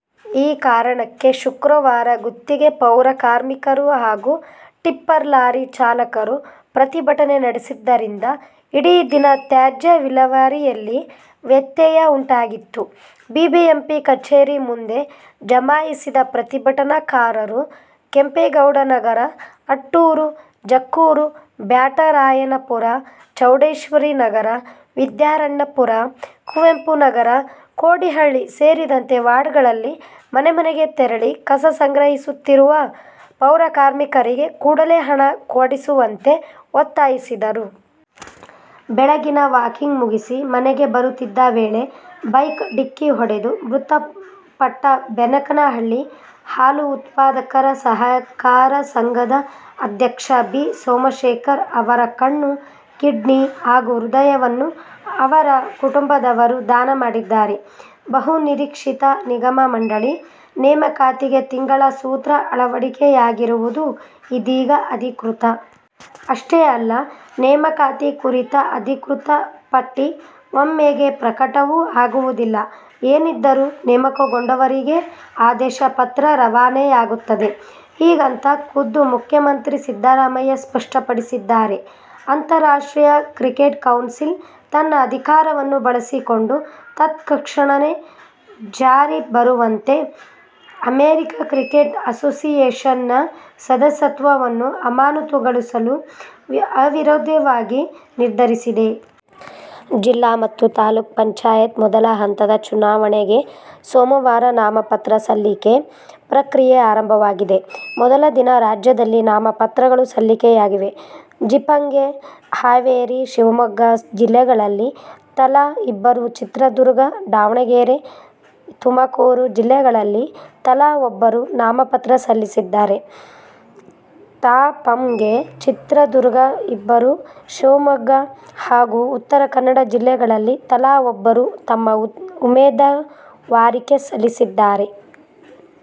ಈ ಕಾರಣಕ್ಕೆ ಶುಕ್ರವಾರ ಗುತ್ತಿಗೆ ಪೌರಕಾರ್ಮಿಕರು ಹಾಗೂ ಟಿಪ್ಪರ್ ಲಾರಿ ಚಾಲಕರು ಪ್ರತಿಭಟನೆ ನಡೆಸಿದ್ದರಿಂದ ಇಡೀ ದಿನ ತ್ಯಾಜ್ಯ ವಿಲೇವಾರಿಯಲ್ಲಿ ವ್ಯತ್ಯಯ ಉಂಟಾಗಿತ್ತು. ಬಿಬಿಎಂಪಿ ಕಚೇರಿ ಮುಂದೆ ಜಮಾಯಿಸಿದ ಪ್ರತಿಭಟನಾಕಾರರು, ಕೆಂಪೇಗೌಡನಗರ, ಅಟ್ಟೂರು, ಜಕ್ಕೂರು, ಬ್ಯಾಟರಾಯನಪುರ, ಚೌಡೇಶ್ವರಿನಗರ, ವಿದ್ಯಾರಣ್ಯಪುರ, ಕುವೆಂಪುನಗರ, ಕೊಡಿಹಳ್ಳಿ ಸೇರಿದಂತೆ ವಾರ್ಡ್ಗಳಲ್ಲಿ ಮನೆಮನೆಗೆ ತೆರಳಿ ಕಸ ಸಂಗ್ರಹಿಸುತ್ತಿರುವ ಪೌರಕಾರ್ಮಿಕರಿಗೆ ಕೂಡಲೇ ಹಣ ಕೊಡಿಸುವಂತೆ ಒತ್ತಾಯಿಸಿದರು. ಬೆಳಗಿನ ವಾಕಿಂಗ್ ಮುಗಿಸಿ ಮನೆಗೆ ಬರುತ್ತಿದ್ದ ವೇಳೆ ಬೈಕ್ ಡಿಕ್ಕಿ ಹೊಡೆದು ಮೃತಪಟ್ಟ ಬೆನಕನಹಳ್ಳಿ ಹಾಲು ಉತ್ಪಾದಕರ ಸಹಕಾರ ಸಂಘದ ಅಧ್ಯಕ್ಷ ಬಿ. ಸೋಮಶೇಖರ್ ಅವರ ಕಣ್ಣು, ಕಿಡ್ನಿ ಹಾಗೂ ಹೃದಯವನ್ನು ಅವರ ಕುಟುಂಬದವರು ದಾನ ಮಾಡಿದ್ದಾರೆ. ಬಹು ನಿರೀಕ್ಷಿತ ನಿಗಮ-ಮಂಡಳಿ ನೇಮಕಾತಿಗೆ ತಿಂಗಳ ಸೂತ್ರ ಅಳವಡಿಕೆಯಾಗಿರುವುದು ಇದೀಗ ಅಧಿಕೃತ. ಅಷ್ಟೇ ಅಲ್ಲ, ನೇಮಕಾತಿ ಕುರಿತ ಅಧಿಕೃತ ಪಟ್ಟಿ ಒಮ್ಮೆಗೆ ಪ್ರಕಟವೂ ಆಗುವುದಿಲ್ಲ. ಏನಿದ್ದರೂ, ನೇಮಕಗೊಂಡವರಿಗೆ ಆದೇಶ ಪತ್ರ ರವಾನೆಯಾಗುತ್ತದೆ. ಹೀಗಂತ ಖುದ್ದು ಮುಖ್ಯಮಂತ್ರಿ ಸಿದ್ದರಾಮಯ್ಯ ಸ್ಪಷ್ಟಪಡಿಸಿದ್ದಾರೆ. ಅಂತಾರಾಷ್ಟ್ರೀಯ ಕ್ರಿಕೆಟ್ ಕೌನ್ಸಿಲ್ ತನ್ನ ಅಧಿಕಾರವನ್ನು ಬಳಸಿಕೊಂಡು ತತ್ಕ್ಷಣಕ್ಕೆ ಜಾರಿ ಬರುವಂತೆ ಅಮೆರಿಕ ಕ್ರಿಕೆಟ್ ಅಸೋಸಿಯೇಶನ್ ನ ಸದಸ್ಯತ್ವವನ್ನು ಅಮಾನತುಗೊಳಿಸಲು ಅವಿರೋಧವಾಗಿ ನಿರ್ಧರಿಸಿದೆ. ಜಿಲ್ಲಾ ಮತ್ತು ತಾಲೂಕು ಪಂಚಾಯತ್ ಮೊದಲ ಹಂತದ ಚುನಾವಣೆಗೆ ಸೋಮವಾರ ನಾಮಪತ್ರ ಸಲ್ಲಿಕೆ ಪ್ರಕ್ರಿಯೆ ಆರಂಭವಾಗಿದೆ. ಮೊದಲ ದಿನ ರಾಜ್ಯದಲ್ಲಿ ನಾಮಪತ್ರಗಳು ಸಲ್ಲಿಕೆಯಾಗಿವೆ. ಜಿಪಂಗೆ ಹಾವೇರಿ, ಶಿವಮೊಗ್ಗ ಜಿಲ್ಲೆಗಳಲ್ಲಿ ತಲಾ ಇಬ್ಬರು, ಚಿತ್ರದುರ್ಗ, ದಾವಣಗೆರೆ, ತುಮಕೂರು ಜಿಲ್ಲೆಗಳಲ್ಲಿ ತಲಾ ಒಬ್ಬರು ನಾಮಪತ್ರ ಸಲ್ಲಿಸಿದ್ದರೆ, ತಾಪಂಗೆ ಚಿತ್ರದುರ್ಗ ಇಬ್ಬರು, ಶಿವಮೊಗ್ಗ ಹಾಗೂ ಉತ್ತರ ಕನ್ನಡ ಜಿಲ್ಲೆಗಳಲ್ಲಿ ತಲಾ ಒಬ್ಬರು ತಮ್ಮ ಉಮೇದುವಾರಿಕೆ ಸಲ್ಲಿಸಿದ್ದಾರೆ.